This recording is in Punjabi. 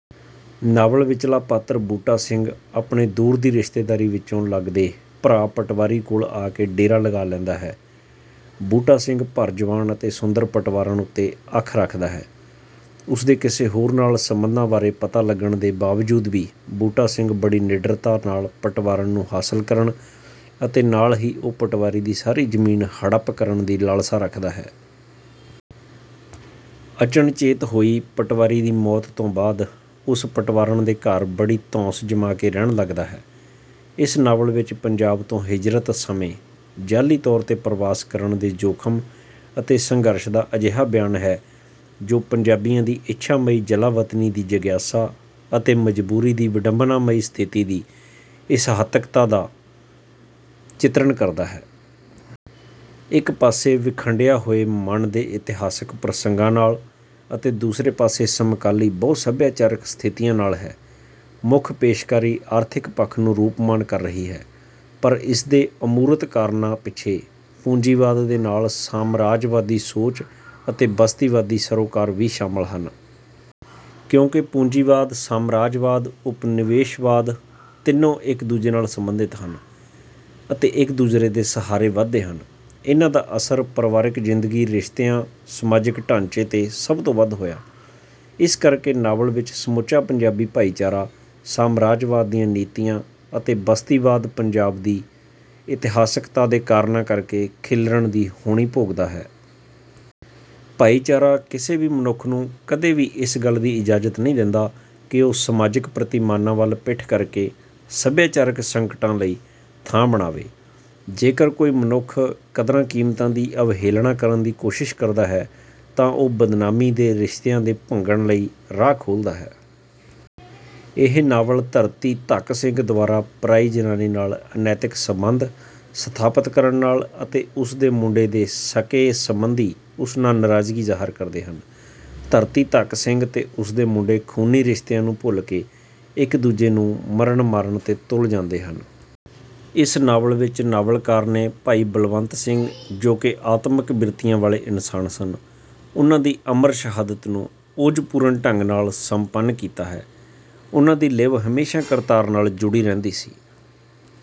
ਨਾਵਲ ਵਿੱਚਲਾ ਪਾਤਰ ਬੂਟਾ ਸਿੰਘ ਆਪਣੇ ਦੂਰ ਦੀ ਰਿਸ਼ਤੇਦਾਰੀ ਵਿੱਚੋਂ ਲਗਦੇ ਭਰਾ ਪਟਵਾਰੀ ਕੋਲ ਆ ਕੇ ਡੇਰਾ ਲਗਾ ਲੈਂਦਾ ਹੈ। ਬੂਟਾ ਸਿੰਘ ਭਰ ਜੁਆਨ ਤੇ ਸੁੰਦਰ ਪਟਵਾਰਨ ਤੇ ਅੱਖ ਰੱਖਦਾ ਹੈ। ਉਸਦੇ ਕਿਸੇ ਹੋਰ ਨਾਲ ਸਬੰਧਾਂ ਬਾਰੇ ਪਤਾ ਲੱਗਣ ਦੇ ਬਾਵਜੂਦ ਵੀ ਬੂਟਾ ਸਿੰਘ ਬੜੀ ਨਿੱਡਰਤਾ ਨਾਲ ਪਟਵਾਰਨ ਨੂੰ ਹਾਸਲ ਕਰਨ ਤੇ ਨਾਲ ਹੀ ਉਹ ਪਟਵਾਰੀ ਦੀ ਸਾਰੀ ਜ਼ਮੀਨ ਹੜੱਪ ਕਰਨ ਦੀ ਲਾਲਸਾ ਰੱਖਦਾ ਹੈ। ਅਚਨਚੇਤ ਹੋਈ ਪਟਵਾਰੀ ਦੀ ਮੌਤ ਤੋਂ ਬਾਅਦ ਉਹ ਪਟਵਾਰਨ ਦੇ ਘਰ ਬੜੀ ਧੌਂਸ ਜਮਾ ਕੇ ਰਹਿਣ ਲੱਗਦਾ ਹੈ। ਇਸ ਨਾਵਲ ਵਿੱਚ ਪੰਜਾਬ ਤੋਂ ਹਿਜ਼ਰਤ ਸਮੇਂ ਜਾਅਲੀ ਤੌਰ ਅਤੇ ਪਰਵਾਸ ਕਰਨ ਦੇ ਜੋਖਮ ਤੇ ਸੰਘਰਸ਼ ਦਾ ਅਜਿਹਾ ਬਿਆਨ ਹੈ ਜੋ ਪੰਜਾਬੀਆਂ ਦੀ ਇੱਛਾਮਈ ਜਲਾਵਤਨੀ ਦੀ ਜਗਿਆਸਾ ਤੇ ਮਜ਼ਬੂਰੀ ਦੀ ਵਿੰਡਬਨਾਮਈ ਸਥਿਤੀ ਦੀ ਇਤਿਹਾਸਕਤਾ ਦਾ ਚਿਤਰਨ ਕਰਦਾ ਹੈ। ਇੱਕ ਪਾਸੇ ਵਿਖੰਡਿਆ ਹੋਏ ਮਨ ਦੇ ਇਤਿਹਾਸਕ ਪ੍ਰਸੰਗਾਂ ਨਾਲ ਅਤੇ ਦੂਸਰੇ ਪਾਸੇ ਸਮਕਾਲੀ ਬਹੁ ਸੱਭਿਆਚਾਰਕ ਸਥਿਤੀਆਂ ਨਾਲ ਹੈ। ਮੁੱਖ ਪੇਸ਼ਕਾਰੀ ਆਰਥਿਕ ਪੱਖ ਨੂੰ ਰੂਪਮਾਨ ਕਰ ਰਹੀ ਹੈ। ਪਰ ਇਸਦੇ ਅਮੂਰਤ ਕਾਰਨਾਂ ਪਿੱਛੇ ਪੂੰਜੀਵਾਦ ਦੇ ਨਾਲ ਸਾਮਰਾਜਵਾਦੀ ਸੋਚ ਅਤੇ ਬਸਤੀਵਾਦੀ ਸਰੋਕਾਰ ਵੀ ਸ਼ਾਮਿਲ ਹਨ। ਕਿਉਂਕਿ ਪੂੰਜੀਵਾਦ ਸਾਮਰਾਜਵਾਦ ਉਪਨਿਵੇਸ਼ਵਾਦ ਤਿੰਨੋ ਇੱਕ ਦੂਜੇ ਨਾਲ ਸੰਬੰਧਿਤ ਹਨ ਤੇ ਇੱਕ ਦੂਜੇ ਦੇ ਸਹਾਰੇ ਵਧਦੇ ਹਨ। ਇਨ੍ਹਾਂ ਦਾ ਅਸਰ ਪਰਿਵਾਰਕ ਜ਼ਿੰਦਗੀ ਰਿਸ਼ਤਿਆਂ ਸਮਾਜਿਕ ਢਾਂਚੇ ਤੇ ਸਭ ਉੱਤੇ ਹੋਇਆ। ਇਸ ਕਰਕੇ ਨਾਵਲ ਵਿੱਚ ਸਮੁੱਚਾ ਪੰਜਾਬੀ ਭਾਈਚਾਰਾ ਸਾਮਰਾਜਵਾਦ ਦੀਆਂ ਨੀਤੀਆਂ ਅਤੇ ਬਸਤੀਵਾਦੀ ਪੰਜਾਬ ਦੀ ਇਤਿਹਾਸਕਤਾ ਦੇ ਕਾਰਣਾਂ ਕਰਕੇ ਖਿਲਰਨ ਦੀ ਹੋਣੀ ਭੋਗਦਾ ਹੈ। ਭਾਈਚਾਰਾ ਕਿਸੇ ਵੀ ਮਨੁੱਖ ਨੂੰ ਕਦੇ ਵੀ ਇਸ ਗੱਲ ਦੀ ਇਜ਼ਾਜਤ ਨਹੀਂ ਦਿੰਦਾ ਕਿ ਉਹ ਸਮਾਜਿਕ ਪ੍ਰਤੀਮਾਨਾਂ ਵੱਲ ਪਿੱਠ ਕਰਕੇ ਸੱਭਿਆਚਾਰਕ ਸੰਕਟਾਂ ਲਈ ਥਾਂ ਬਣਾਵੇ। ਜੇਕਰ ਕੋਈ ਮਨੁੱਖ ਕਦਰਾਂ ਕੀਮਤਾਂ ਦੀ ਅਵਹੇਲਨਾ ਕਰਨ ਦੀ ਕੋਸ਼ਿਸ ਕਰਦਾ ਹੈ ਤਾਂ ਉਹ ਬਦਨਾਮੀ ਤੇ ਰਿਸ਼ਤਿਆਂ ਦੇ ਭੰਗਣ ਲਈ ਰਾਹ ਖੋਲਦਾ ਹੈ। ਇਹ ਨਾਵਲ ਧਰਤੀ ਧੱਕ ਸਿੰਘ ਦੁਆਰਾ ਪਰਾਈ ਜਨਾਨੀ ਨਾਲ ਅਨੈਤਿਕ ਸਬੰਧ ਸਥਾਪਤ ਕਰਨ ਨਾਲ ਉਸ ਦੇ ਮੁੰਡੇ ਤੇ ਸਕੇ ਸੰਬੰਧੀ ਉਸ ਨਾਲ ਨਰਾਜ਼ਗੀ ਜਾਹਰ ਕਰਦੇ ਹਨ। ਧਰਤੀ ਧੱਕ ਸਿੰਘ ਤੇ ਉਸਦੇ ਮੁੰਡੇ ਖੂਨੀ ਰਿਸ਼ਤਿਆਂ ਨੂੰ ਭੁੱਲ ਕੇ ਇੱਕ ਦੂਜੇ ਨੂੰ ਮਰਨ ਮਾਰਨ ਤੇ ਤੁੱਲ ਜਾਂਦੇ ਹਨ। ਇਸ ਨਾਵਲ ਵਿੱਚ ਨਾਵਲਕਾਰ ਨੇ ਭਾਈ ਬਲਵੰਤ ਸਿੰਘ ਜੋ ਕਿ ਆਤਮਿਕ ਬ੍ਰਿਤੀਆਂ ਵਾਲੇ ਇਨਸਾਨ ਸਨ। ਉਨ੍ਹਾਂ ਦੀ ਅਮਰ ਸ਼ਹਾਦਤ ਨੂੰ ਓਜਪੂਰਨ ਢੰਗ ਨਾਲ ਸੰਪੰਨ ਕੀਤਾ ਹੈ। ਉਨ੍ਹਾਂ ਦੀ ਲਿਵ ਹਮੇਸ਼ਾ ਕਰਤਾਰ ਨਾਲ ਜੁੜੀ ਰਹਿੰਦੀ ਸੀ।